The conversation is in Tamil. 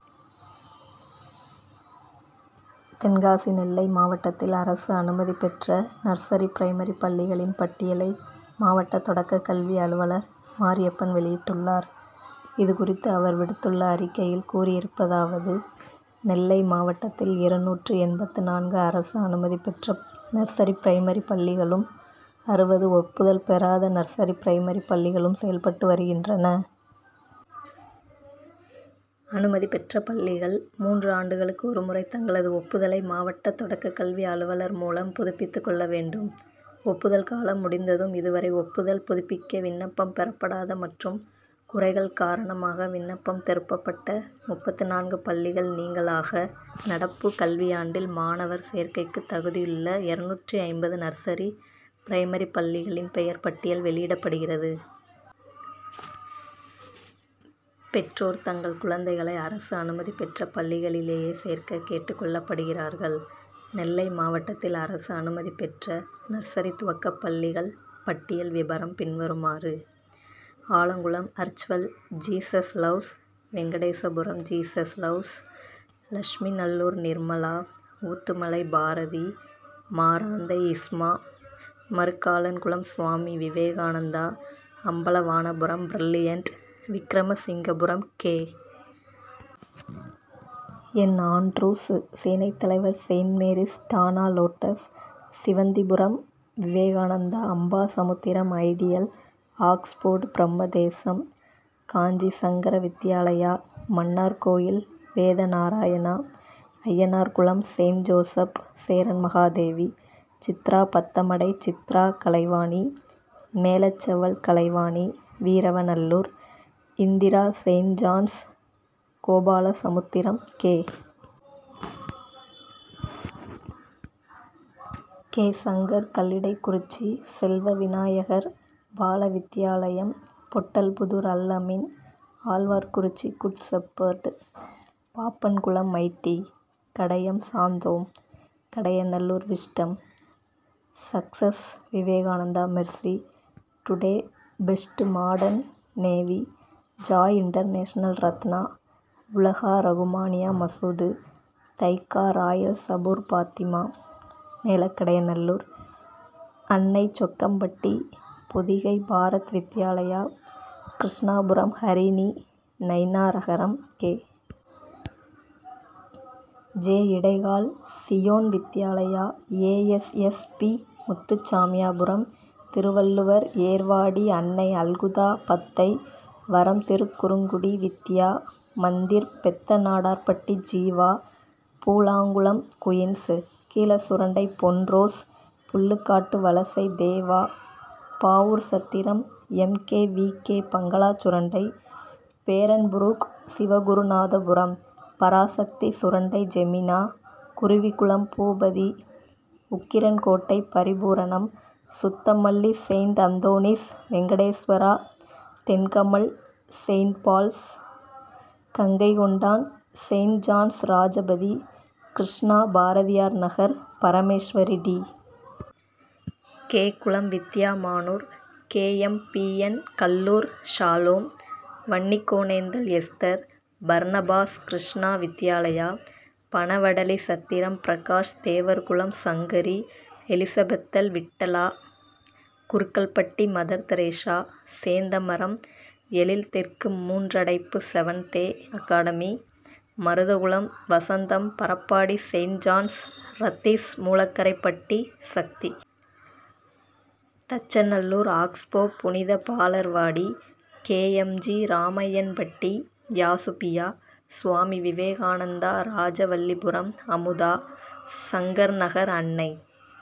தென்காசி நெல்லை மாவட்டத்தில் அரசு அனுமதி பெற்ற நர்சரி பிரைமரி பள்ளிகளின் பட்டியலை மாவட்ட தொடக்கக்கல்வி அலுவலர் மாரியப்பன் வெளியிட்டுள்ளார். இதுகுறித்து அவர் விடுத்துள்ள அறிக்கையில் கூறியிருப்பதாவது நெல்லை மாவட்டத்தில் இருநூற்று எண்பத்து நான்கு அரசு அனுமதி பெற்ற நர்சரி பிரைமரி பள்ளிகளும் அறுபது ஒப்புதல் பெறாத நர்சரி பிரைமரி பள்ளிகளும் செயல்பட்டு வருகின்றன. அனுமதி பெற்ற பள்ளிகள் மூன்று ஆண்டுகளுக்கு ஒரு முறை தங்களது ஒப்புதலை மாவட்ட தொடக்கக்கல்வி அலுவலர் மூலம் புதுப்பித்து கொள்ள வேண்டும். ஒப்புதல் காலம் முடிந்தும் இதுவரை ஒப்புதல் புதுப்பிக்க விண்ணப்பம் பெறப்படாத மற்றும் குறைகள் காரணமாக விண்ணப்பம் திருப்பப்பட்ட முப்பத்து நான்கு பள்ளிகள் நீங்கலாக நடப்பு கல்வியாண்டில் மாணவர் சேர்க்கைக்கு தகுதியுள்ள இரநூற்று ஐம்பது நர்சரி பிரைமரி பள்ளிகளின் பெயர் பட்டியல் வெளியிடப்படுகிறது. பெற்றோர் தங்கள் குழந்தைகளை அரசு அனுமதி பெற்ற பள்ளிகளிலேயே சேர்க்க கேட்டுக் கொள்ளப்படுகிறார்கள். நெல்லை மாவட்டத்தில் அரசு அனுமதி பெற்ற நர்சரி துவக்கப்பள்ளிகள் பட்டியல் விபரம் வருமாறு ஆலங்குளம் அர்ச்வெல் Jesus loves Venkatesapuram Jesus loves Lakshmi Nallur Nirmala Oothumalai Bharathi Maranthai இஸ்மா Marukkalankulam Swami Vivekananda Ambalavanapuram brilliant Vikramasingapuram K. N. Andrews Senaithalaivar saint Mary's டானா lotus Sivanthipuram Vivekananda Ambasamudram ideal Oxford Brahmadesam Kanchi Sankara Vidyalaya Mannarkovil Vedanarayana Ayyanarkulam saint Joseph Cheranmahadevi Chitra Pathamadai Chitra Kalaivani. Melacheval Kalaivani Veeravanallur Indira saint John's Gopalasamudram K. K. Shankar Kallidaikurichi Selva Vinayagar Balavidyalayam Pottalpudur Alameen Alwarkurichi good shepherd Pappankulam mighty Kadayam Santhome Kadayanallur wisdom success Vivekananda mercy today best modern navy joy international Ratna Ulaga Rahmaniya Masood Thaika royal Sabur Fathima Melakadayanallur Annai Chokkampatti Pothigai Bharat Vidyalaya Krishnapuram Harini Nainaragaram K. J. Idaikal Zion Vidyalaya A. S. S. P. Muthusamiyapuram Thiruvalluvar Ervadi Annai Alhuda பத்தை வரம் திருக்குருங்குடி வித்யா மந்திர் பெத்தநாடார்பட்டி ஜீவா பூலாங்குளம் குயின்ஸ். கீழசுரண்டை பொன்ரோஸ் Pullukattuvalasai Deva Pavoorchatram M. K. V. K. Bangala Surandai பேரன்புரூக் Sivagurunathapuram Parasakthi Surandai ஜெமினா Kuruvikulam Boopathi Ukkirankottai Paripooranam Suthamalli saint Anthony's Venkateswara Thenkamal saint Paul's Gangaikondan saint John's Rajapathi Krishna Bharathiyarnagar Parameswari T. K. Kulam Vidya Manur K. M. P. N. Kallur Shalom Vannikonendal Esther Barnabas Krishna Vidyalaya Panavadalichatram Prakash Devarkulam Sankari எலிசபெத்தல் விட்டலா குருக்கள்பட்டி மதர் தெரசா சேர்ந்தமரம் எழில் தெற்கு Moondradaippu seventh day academy Maruthakulam Vasantham Parappadi saint John's ரத்தீஸ் மூலைக்கரைப்பட்டி சக்தி. தச்சநல்லூர் ஆக்ஸ்போ புனித பாலர்வாடி கே. எம். ஜி. ராமையன்பட்டி யாசுபியா சுவாமி விவேகானந்தா ராஜவல்லிபுரம் அமுதா சங்கர்நகர் அன்னை